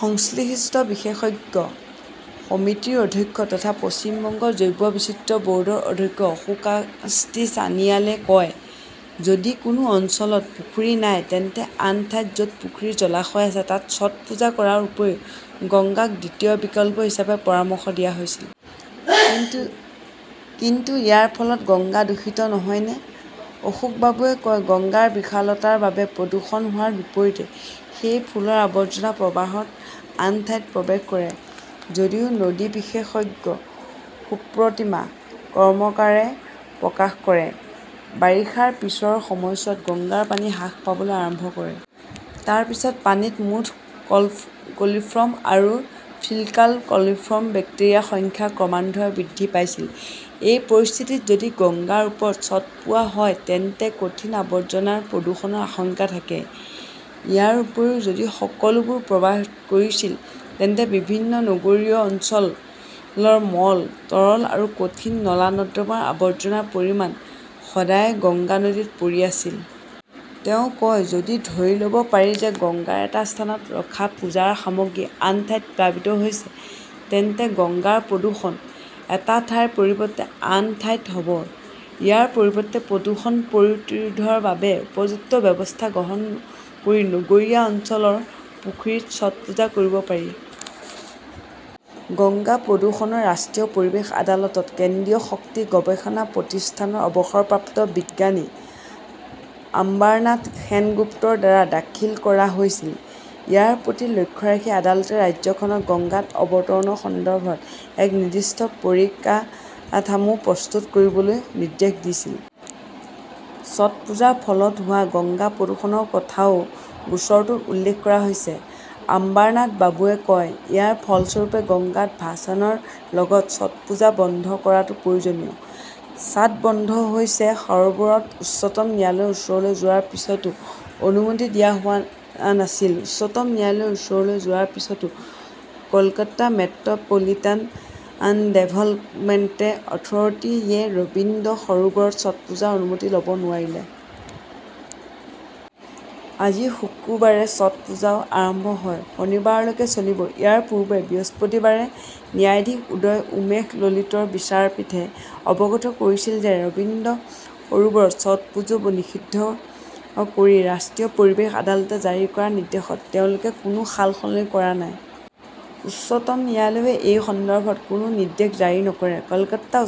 সংশ্লিষ্ট বিশেষজ্ঞ সমিতিৰ অধ্যক্ষ তথা পশ্চিম বংগ জৈৱ বৈচিত্ৰ্য বৰ্ডৰ অধ্যক্ষ অশোককান্তি ছানিয়ালে কয়, যদি কোনো অঞ্চলত পুখুৰী নাই, তেন্তে আন ঠাইত যত পুখুৰী-জলাশয় আছে তাত ছট পূজা কৰাৰ উপৰিও গংগাক দ্বিতীয় বিকল্প হিচাপে পৰামৰ্শ দিয়া হৈছিল। কিন্তু ইয়াৰ ফলত গংগা দূষিত নহয়নে? অশোকবাবুৱে কয়, গংগাৰ বিশালতাৰ বাবে প্ৰদূষণ হোৱাৰ বিপৰীতে, সেই ফুলৰ আৱৰ্জনা প্ৰবাহত আন ঠাইত প্ৰৱেশ কৰে। যদিও নদী বিশেষজ্ঞ সুপ্ৰতীমা কৰ্মকাৰে প্ৰকাশ কৰে, বাৰিষাৰ পিছৰ সময়ছোৱাত গংগাৰ পানী হ্ৰাস পাবলৈ আৰম্ভ কৰে। তাৰ পিছত পানীত মুঠ কলিফৰ্ম আৰু ফিক্কাল কলিফৰ্ম বেক্টেৰিয়াৰ সংখ্যা ক্ৰমান্বয়ে বৃদ্ধি পাইছিল। এই পৰিস্থিতিত যদি গংগাৰ ওপৰত ছটপোৱা হয় তেন্তে কঠিন আৱৰ্জনাৰ প্ৰদূষণৰ আশংকা থাকে। ইয়াৰ উপৰিও, যদি সকলোবোৰ প্ৰবাহত পৰিছিল, তেন্তে বিভিন্ন নগৰীয়া অঞ্চলৰ মল, তৰল আৰু কঠিন নলা-নৰ্দমাৰ আৱৰ্জনাৰ পৰিমাণ সদায় গংগা নদীত পৰি আছিল! তেওঁ কয়, যদি ধৰি লব পাৰি যে গংগাৰ এটা স্থানত ৰখা পূজাৰ সামগ্ৰী আন ঠাইত প্লাবিত হৈছে, তেন্তে গংগাৰ প্ৰদূষণ এটা ঠাইৰ পৰিৱৰ্তে আন ঠাইত হব। ইয়াৰ পৰিৱৰ্তে, প্ৰদূষণ প্ৰতিৰোধৰ বাবে উপযুক্ত ব্যৱস্থা গ্ৰহণ কৰি নগৰীয়া অঞ্চলৰ পুখুৰীত ছটপুজা কৰিব পাৰি। গংগা প্ৰদূষণৰ ৰাষ্ট্ৰীয় পৰিৱেশ আদালতত কেন্দ্ৰীয় শক্তি গৱেষণা প্ৰতিষ্ঠানৰ অৱসৰপ্ৰাপ্ত বিজ্ঞানী আম্বাৰনাথ সেনগুপ্তৰ দ্বাৰা দাখিল কৰা হৈছিল। ইয়াৰ প্ৰতি লক্ষ্য ৰাখি আদালতে ৰাজ্যখনক গঙ্গাত অৱতৰণৰ সন্দৰ্ভত এক নিৰ্দিষ্ট পৰিকাঠামো প্ৰস্তুত কৰিবলৈ নিৰ্দেশ দিছিল। ছটপূজাৰ ফলত হোৱা গংগা প্ৰদূষণৰ কথাও গোচৰটোত উল্লেখ কৰা হৈছে, আম্বাৰনাথবাবুৱে কয়। ইয়াৰ ফলস্বৰূপে, গঙ্গাত ভাসনৰ লগতে ছটপূজা বন্ধ কৰাটো প্ৰয়োজনীয়। ছাট বন্ধ হৈছে সৰোবৰত, উচ্চতম ন্যায়ালয়ৰ ওচৰলৈ যোৱাৰ পিছতো অনুমতি দিয়া হোৱা নাছিল উচ্চতম ন্যায়ালয়ৰ ওচৰলৈ যোৱাৰ পিছতো Kolkata 'metropolitan development authority -য়ে ৰবীন্দ্ৰ সৰোবৰত ছটপূজাৰ অনুমতি ল' ব নোৱাৰিলে। আজি শুক্ৰবাৰে ছটপুজো আৰম্ভ হয়। শনিবাৰলৈকে চলিব। ইয়াৰ পূৰ্বে বৃহস্পতিবাৰে ন্যায়াধীশ উদয় উমেশ ললিতৰ বিচাৰপীঠে অৱগত কৰিছিল যে ৰবীন্দ্ৰ সৰোবৰত ছটপুজো নিষিদ্ধ কৰি ৰাষ্ট্ৰীয় পৰিৱেশ আদালতে জাৰি কৰা নিৰ্দেশত তেওঁলোকে কোনো সালসলনি কৰা নাই। উচ্চতম ন্যায়ালয়েও এই সন্দৰ্ভত কোনো নিৰ্দেশ জাৰি নকৰে। কলকাতা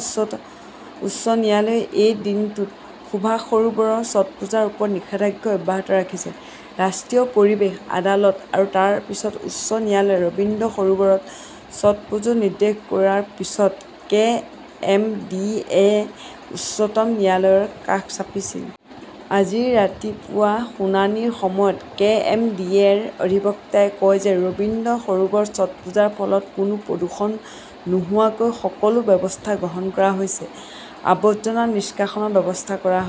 উচ্চ ন্যায়ালয়েও এই দিনটোত সুভাষ সৰোবৰত ছটপুজাৰ ওপৰত নিষেধাজ্ঞা অব্যাহত ৰাখিছে। ৰাষ্ট্ৰীয় পৰিৱেশ আদালত আৰু তাৰ পিছত উচ্চ ন্যায়ালয়ে ৰবীন্দ্ৰ সৰোবৰত ছটপুজো নিষিদ্ধ কৰাৰ পিছত কেএমডিএ-য়ে উচ্চতম ন্যায়ালয়ৰ কাষ চাপিছিল। আজি ৰাতিপুৱা শুনানিৰ সময়ত কে. এম. ডি. এ. -ৰ অধিবক্তাই কয় যে ৰবীন্দ্ৰ সৰোবৰত ছটপুজাৰ ফলত কোনো প্ৰদূষণ নোহোৱাকৈ সকলো ব্যৱস্থা গ্ৰহণ কৰা হৈছে। আৱৰ্জনা নিষ্কাশনৰ ব্যৱস্থা কৰা হব।